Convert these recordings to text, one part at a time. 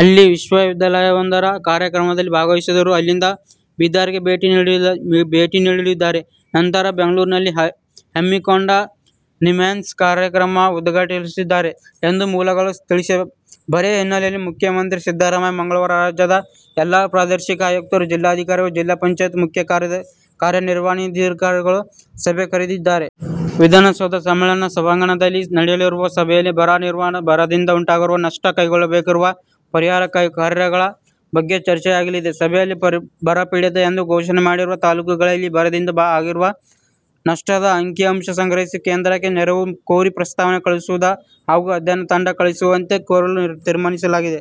ಅಲ್ಲಿ ವಿಶ್ವವಿದ್ಯಾಲಯವೊಂದರ ಕಾರ್ಯಕ್ರಮದಲ್ಲಿ ಭಾಗವಹಿಸುವರು. ಅಲ್ಲಿಂದ ಬೀದರ್ಗೆ ಭೇಟಿ ನೀಡಲಿದ್ದಾರೆ. ನಂತರ ಬೆಂಗಳೂರಿನಲ್ಲಿ ಹಮ್ಮಿಕೊಂಡ ನಿಮ್ಹಾನ್ಸ್ ಕಾರ್ಯಕ್ರಮ ಉದ್ಘಾಟಿಸಲಿದ್ದಾರೆ ಎಂದು ಮೂಲಗಳು ತಿಳಿಸಿವೆ. ಬರ ಹಿನ್ನೆಲೆಯಲ್ಲಿ ಮುಖ್ಯಮಂತ್ರಿ ಸಿದ್ದರಾಮಯ್ಯ ಮಂಗಳವಾರ ರಾಜ್ಯದ ಎಲ್ಲ ಪ್ರಾದೇಶಿಕ ಆಯುಕ್ತರು, ಜಿಲ್ಲಾಧಿಕಾರಿಗಳು, ಜಿಲ್ಲಾ ಪಂಚಾಯತ್ ಮುಖ್ಯ ಕಾರ್ಯ ನಿರ್ವಹಣಾಧಿಕಾರಿಗಳ ಸಭೆ ಕರೆದಿದ್ದಾರೆ. ವಿಧಾನಸೌಧ ಸಮ್ಮೇಳನ ಸಭಾಂಗಣದಲ್ಲಿ ನಡೆಯಲಿರುವ ಸಭೆಯಲ್ಲಿ ಬರ ನಿರ್ವಹಣೆ, ಬರದಿಂದ ಉಂಟಾಗಿರುವ ನಷ್ಟ, ಕೈಗೊಳ್ಳಬೇಕಿರುವ ಪರಿಹಾರ ಕಾರ್ಯಗಳ ಬಗ್ಗೆ ಚರ್ಚೆಯಾಗಲಿದೆ. ಸಭೆಯಲ್ಲಿ ಬರಪೀಡಿತ ಎಂದು ಘೋಷಣೆ ಮಾಡಿರುವ ತಾಲೂಕುಗಳಲ್ಲಿ ಬರದಿಂದ ಆಗಿರುವ ನಷ್ಟದ ಅಂಕಿ-ಅಂಶ ಸಂಗ್ರಹಿಸಿ ಕೇಂದ್ರಕ್ಕೆ ನೆರವು ಕೋರಿ ಪ್ರಸ್ತಾವನೆ ಕಳುಹಿಸುವುದು ಹಾಗೂ ಅಧ್ಯಯನ ತಂಡ ಕಳುಹಿಸವಂತೆ ಕೋರಲು ತೀರ್ಮಾನಿಸಲಾಗಿದೆ.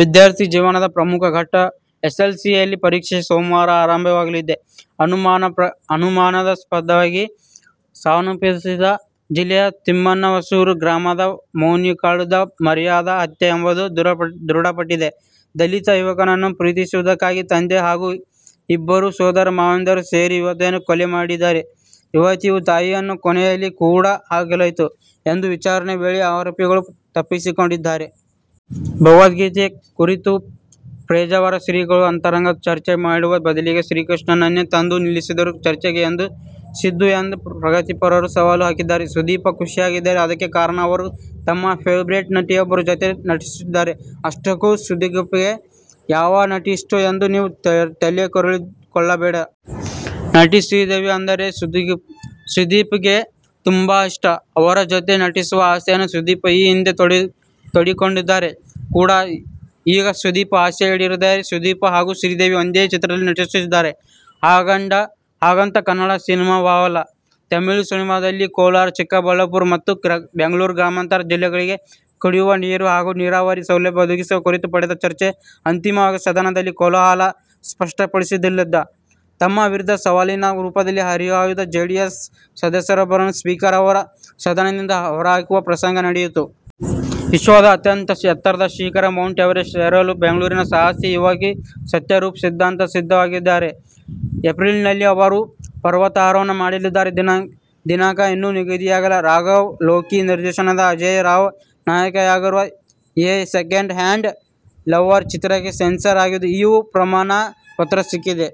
ವಿದ್ಯಾರ್ಥಿ ಜೀವನದ ಪ್ರಮುಖ ಘಟ್ಟ ಎಸ್ಎಸ್ಎಲ್ಸಿ ಪರೀಕ್ಷೆ ಸೋಮವಾರ ಆರಂಭಗೊಳ್ಳಲಿದೆ. ಅನುಮಾನಾಸ್ಪದವಾಗಿ ಸಾವನ್ನಪ್ಪಿದ್ದ ಜಿಲ್ಲೆಯ ತಿಮ್ಮನಹೊಸೂರು ಗ್ರಾಮದ ಮೋನಿಕಾಳದ್ದು ಮರ್ಯಾದಾ ಹತ್ಯೆ ಎಂಬುದು ದೃಢಪಟ್ಟಿದೆ. ದಲಿತ ಯುವಕನನ್ನು ಪ್ರೀತಿಸಿದ್ದಕ್ಕಾಗಿ ತಂದೆ ಹಾಗೂ ಇಬ್ಬರು ಸೋದರ ಮಾವಂದಿರು ಸೇರಿ ಯುವತಿಯನ್ನು ಕೊಲೆ ಮಾಡಿದ್ದಾರೆ. ಯುವತಿಯ ತಾಯಿಯನ್ನು ಕೋಣೆಯಲ್ಲಿ ಕೂಡಿ ಹಾಕಲಾಗಿತ್ತು ಎಂದು ವಿಚಾರಣೆ ವೇಳೆ ಆರೋಪಿಗಳು ತಪ್ಪೊಪ್ಪಿಕೊಂಡಿದ್ದಾರೆ. ಭಗವದ್ಗೀತೆ ಕುರಿತು ಪೇಜಾವರ ಶ್ರೀಗಳು ಅಂತರಂಗ ಚರ್ಚೆ ಮಾಡುವ ಬದಲಿಗೆ ಶ್ರೀಕೃಷ್ಣನನ್ನೇ ತಂದು ನಿಲ್ಲಿಸಿದರೂ ಚರ್ಚೆಗೆ ಸಿದ್ಧ ಎಂದು ಪ್ರಗತಿಪರರು ಸವಾಲು ಹಾಕಿದ್ದಾರೆ. ಸುದೀಪ್ ಖುಷಿಯಾಗಿದ್ದಾರೆ. ಅದಕ್ಕೆ ಕಾರಣ ಅವರು ತಮ್ಮ ಫೆವರೇಟ್ ನಟಿಯೊಬ್ಬರ ಜೊತೆ ನಟಿಸುತ್ತಿದ್ದಾರೆ. ಆಷ್ಟಕ್ಕೂ ಸುದೀಪ್ಗೆ ಯಾವ ನಟಿ ಇಷ್ಟ ಎಂದು ನೀವು ತಲೆಕೆರೆದುಕೊಳ್ಳಬೇಡಿ. ನಟಿ ಶ್ರೀದೇವಿ ಅಂದರೆ ಸುದೀಪ್ಗೆ ತುಂಬಾ ಇಷ್ಟ. ಅವರ ಜೊತೆ ನಟಿಸುವ ಆಸೆಯನ್ನು ಸುದೀಪ್ ಈ ಹಿಂದೆ ತೋಡಿಕೊಂಡಿದ್ದರು ಕೂಡಾ. ಈಗ ಸುದೀಪ್ ಆಸೆ ಈಡೇರಿದೆ. ಸುದೀಪ್ ಹಾಗೂ ಶ್ರೀದೇವಿ ಒಂದೇ ಚಿತ್ರದಲ್ಲಿ ನಟಿಸುತ್ತಿದ್ದಾರೆ. ಹಾಗಂತ ಕನ್ನಡ ಸಿನಿಮಾವಲ್ಲ. ತಮಿಳು ಸಿನಿಮಾದಲ್ಲಿ. ಕೋಲಾರ-ಚಿಕ್ಕಬಳ್ಳಾಪುರ ಮತ್ತು ಬೆಂಗಳೂರು ಗ್ರಾಮಾಂತರ ಜಿಲ್ಲೆಗಳಿಗೆ ಕುಡಿಯುವ ನೀರು ಹಾಗೂ ನೀರಾವರಿ ಸೌಲಭ್ಯ ಒದಗಿಸುವ ಕುರಿತು ನಡೆದ ಚರ್ಚೆ ಅಂತಿಮವಾಗಿ ಸದನದಲ್ಲಿ ಕೋಲಾಹಲ ಸೃಷ್ಟಿಸಿದ್ದಲ್ಲದೆ, ತಮ್ಮ ವಿರುದ್ಧ ಸವಾಲಿನ ರೂಪದಲ್ಲಿ ಹರಿಹಾಯ್ದ ಜೆಡಿಎಸ್ ಸದಸ್ಯರೊಬ್ಬರನ್ನು ಸ್ಪೀಕರ್ ಅವರು ಸದನದಿಂದ ಹೊರಹಾಕಿದ ಪ್ರಸಂಗ ನಡೆಯಿತು. ವಿಶ್ವದ ಅಂತ್ಯಂತ ಎತ್ತರದ ಶಿಖರ ಮೌಂಟ್ ಎವರೆಸ್ಟ್ ಏರಲು ಬೆಂಗಳೂರಿನ ಸಾಹಸಿ ಯುವಕ ಸತ್ಯರೂಪ್ ಸಿದ್ಧಾಂತ ಸಿದ್ಧವಾಗಿದ್ದಾರೆ. ಏಪ್ರಿಲ್ನಲ್ಲಿ ಅವರು ಪರ್ವತಾರೋಹಣ ಮಾಡಲಿದ್ದಾರೆ. ದಿನಾಂಕ ಇನ್ನೂ ನಿಗದಿಯಾಗಿಲ್ಲ. ರಾಘವ್ ಲೋಕಿ ನಿರ್ದೇಶನದ ಅಜೇಯ್ ರಾವ್ ನಾಯಕರಾಗಿರುವ "ಎ ಸೆಕೆಂಡ್ ಹ್ಯಾಂಡ್ ಲವರ್' ಚಿತ್ರಕ್ಕೆ ಸೆನ್ಸಾರ್ ಆಗಿದ್ದು, "ಯು' ಪ್ರಮಾಣ ಪತ್ರ ಸಿಕ್ಕಿದೆ.